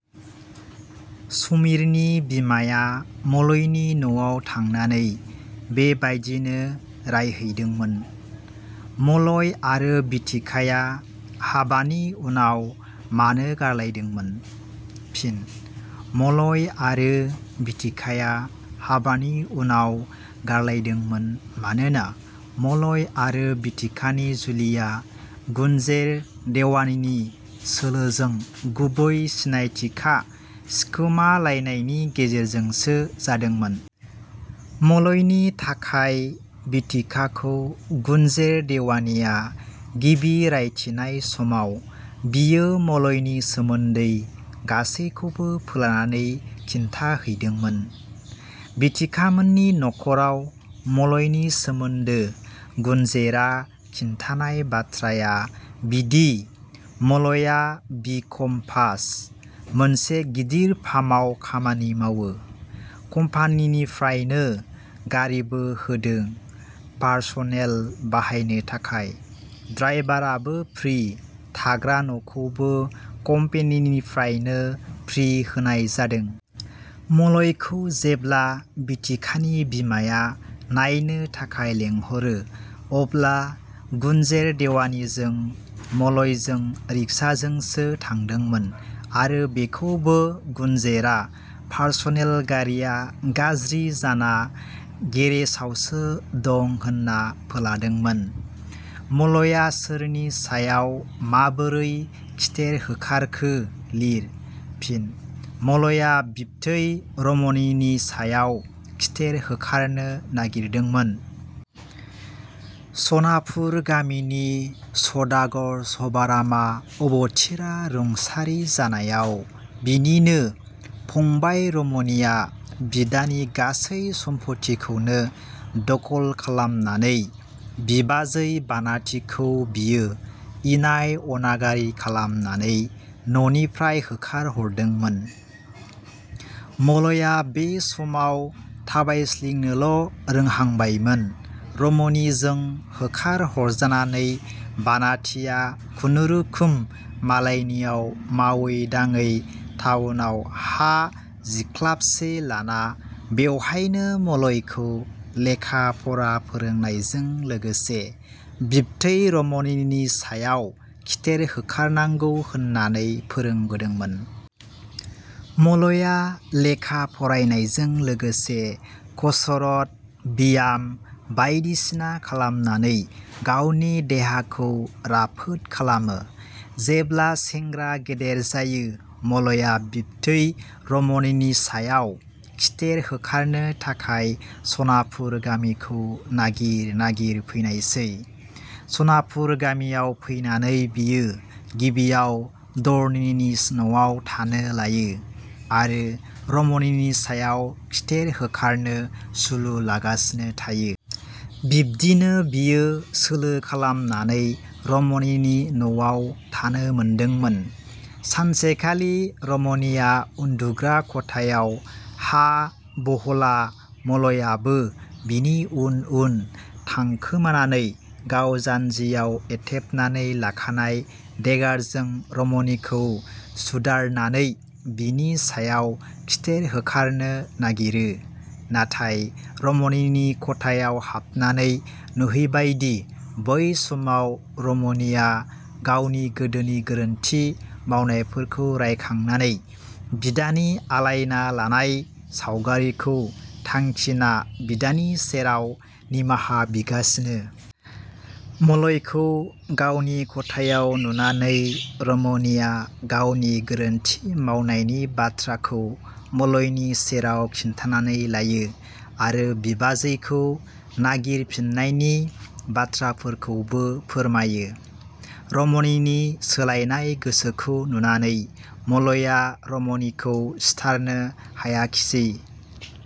" समिरनि बिमाया मलयनि न 'आव थांनानै बेबादिनो राय हैदोंमोन। मलय आरो बिथिकाया हाबानि उनाव मानो गारलायदोंमोन? फिनः मलय आरो बिथिकाया हाबानि उनाव गारलायदोंमोन मानोना मलय आरो बिथिकानि जुलिया गुनजेर देवानिनि सोलोजों गुबै सिनायथिखा सिखमालायनायनि गेजेरजोंसो जादोंमोन। मलयनि थाखाय बिथिकाखौ गुनजेर देवानिया गिबि रायथिनाय समाव बियो मलयनि सोमोन्दै गासैखौबो फोलानानै खिन्थाहैदोंमोन। विथिकामोननि नखराव मलयनि सोमोन्दो गुनजेरआ खिन्थानाय बाथ्राया बिदि-मलया बि. कम पास, मोनसे गिदिर फार्मआव खामानि मावो। कम्पानिनिफ्रायनो गारिबो होदो पारसनेल बाहायनो थाखाय, द्राइभारआबो फ्रि, थाग्रा न 'खौबो कम्पेनिनिफ्रायनो फ्रि होनाय जादों। मलयखौ जेब्ला बिथिकानि बिमाया नायनो थाखाय लेंहरो अब्ला गुनजेर देवानिजों मलयजों रिक्साजोंसो थांदोंमोन आरो बेखौबो गुनजेरआ पारसेनल गारिया गाज्रि जाना गेरेसावसो दं होनना फोलादोंमोन। मलया सोरनि सायाव माबोरै खिथेर होखारखो लिर। फिनः मलया बिबथै रमनिनि सायाव खिथेर होखारनो नागिरदोंमोन। सनापुर गामिनि सदागर शभारामआ अबथिरा रुंसारि जानायाव बिनिनो -फंबाइ रमनिया विदानि गासै सम्फथिखौनो दखल खालामनानै बिबाजै- बानाथिखौ बियो इनाय अनागारि खालामनानै न 'निफ्राय होखारहरदोंमोन। मलया बे समाव थाबायस्लिंनोल' रोहांबायमोन। रमनिजों होखारहरजानानै बानाथिया खुनुरोखोम मालायनियाव मावै दाङै थाउनाव हा जिखलाबसे लाना बेवहायनो मलयखौ लेखा फरा फोरोंनायजों लोगोसे बिबथै रमनिनि सायाव खिथेर होखारनांगौ होननानै फोरोंबोदोंमोन। मलया लेखा फरायनायजों लोगोसे कसरत, व्याम बायदिसिना खालामनानै गावनि देहाखौ राफोद खालामो। जेब्ला सेंग्रा गेदेर जायो मलया बिबथै रमनिनि सायाव खिथेर होखारनो थाखाय सनापुर गामिखौ नागिर नागिर फैनायसै। सनापुर गामियाव फैनानै बियो गिबियाव धरनिनि न'आव थानो लायो आरो रमनिनि सायाव खिथेर होखारनो सुलु लागासिनो थायो। बिदिनो बियो सोलो खालामनानै रमनिनि न 'आव थानो मोनदोंमोन। सानसेखालि रमनिया उन्दुग्रा खथायाव हा बहला मलयाबो बिनि उन उन थांखोमानानै गाव जान्जियाव एथेबनानै लाखानाय देगारजों रमनिखौ सुधारनानै बिनि सायाव खिथेर होखारनो नागिरो। नाथाय रमनिनि खथायाव हाबनानै नुहैबायदि बै समाव रमनिया गावनि गोदोनि गोरोन्थि मावनायफोरखौ रायखांनानै बिदानि आलायना लानाय सावगारिखौ थांखिना बिदानि सेराव निमाहा बिगासिनो। मलयखौ गावनि खथायाव नुनानै रमनिया गावनि गोरोन्थि मावनायनि बाथ्राखौ मलयनि सेराव खिन्थानानै लायो आरो बिबाजैखौ नागिर फिननायनि बाथ्राफोरखौबो फोरमायो। रमनिनि सोलायनाय गोसोखौ नुनानै मलया रमनिखौ सिथारनो हायाखिसै।